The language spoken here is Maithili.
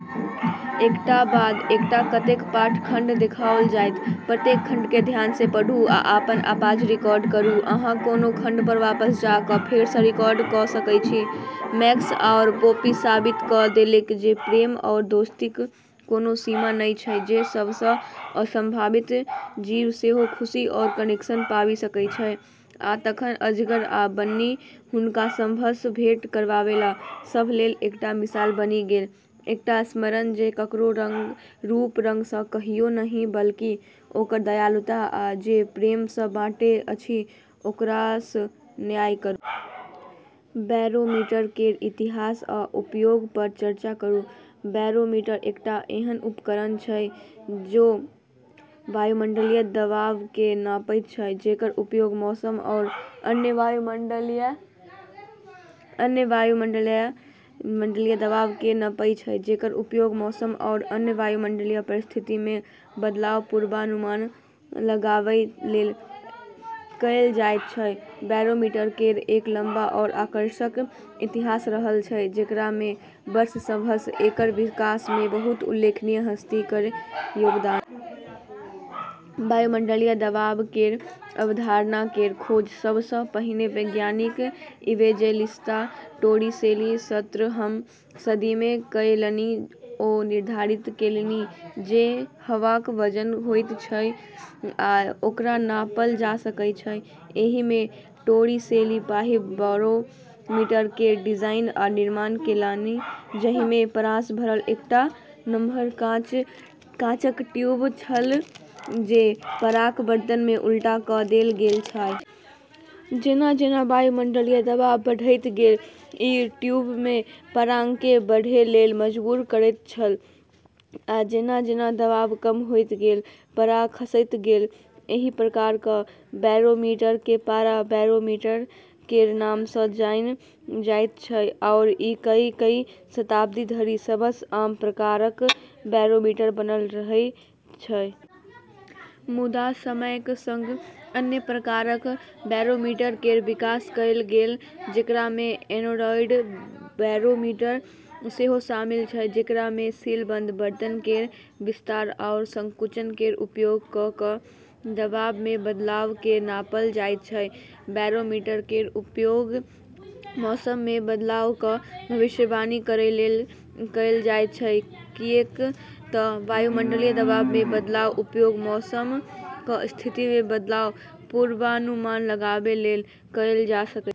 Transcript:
मैक्स आओर पोपी साबित कऽ देलकै जे प्रेम आओर दोस्तीक कोनो सीमा नहि छै, जे सबसँ असंभावित जीव सेहो खुशी आओर कनेक्शन पाबि सकैत छै। आ तखन अजगर आ बन्नी हुनका सभसँ भेट करैवाला सभ लेल एकटा मिसाल बनि गेल, एकटा स्मरण जे ककरो रूप-रंगसँ कहियो नहि, बल्कि, ओकर दयालुता आ जे प्रेमसँ बाँटैत अछि, ओकरासँ न्याय करू। बैरोमीटर केर इतिहास आ उपयोगपर चर्चा करू। बैरोमीटर एकटा एहन उपकरण छै जे वायुमंडलीय दबावकेँ नापैत छै, जेकर उपयोग मौसम आओर अन्य वायुमंडलीय परिस्थितिमे बदलावक पूर्वानुमान लगाबै लेल कएल जाइत छै। बैरोमीटर केर एक लंबा आओर आकर्षक इतिहास रहल छै, जेकरामे वर्ष सभसँ एकर विकासमे बहुत उल्लेखनीय हस्ती केर योगदान छै। वायुमंडलीय दबाव केर अवधारणा केर खोज सबसँ पहिने वैज्ञानिक इवेंजेलिस्ता टोरिसेली सत्रहम सदीमे कएलनि। ओ निर्धारित केलनि जे हवाक वजन होइत छैक आ ओकरा नापल जा सकैत छैक। एहिमे टोरिसेली पहिल बैरोमीटर केर डिजाइन आ निर्माण केलनि, जाहिमे पारासँ भरल एकटा नम्हर काँचक ट्यूब छल जे पाराक बर्तनमे उल्टा कऽ देल गेल छल। जेना-जेना वायुमंडलीय दबाव बढ़ैत गेल, ई ट्यूबमे पाराकेँ बढ़ै लेल मजबूर करैत छल, आ जेना-जेना दबाव कम होइत गेल, पारा खसैत गेल। एहि प्रकारक बैरोमीटरकेँ पारा बैरोमीटर केर नामसँ जानल जाइत छै, आओर ई कई शताब्दी धरि सबसँ आम प्रकारक बैरोमीटर बनल रहलै। मुदा समयक संग अन्य प्रकारक बैरोमीटर केर विकास कएल गेलै, जेकरामे एनेरॉइड बैरोमीटर सेहो शामिल छै, जेकरामे सीलबंद बर्तन केर विस्तार आओर संकुचन केर उपयोग कऽ कऽ दबावमे बदलावकेँ नापल जाइत छै। बैरोमीटर केर उपयोग मौसममे बदलावक भविष्यवाणी करै लेल कएल जाइत छै, किऐक तऽ वायुमंडलीय दबावमे बदलावक उपयोग मौसमक स्थितिमे बदलावक पूर्वानुमान लगाबै लेल कएल जा सकैत छै।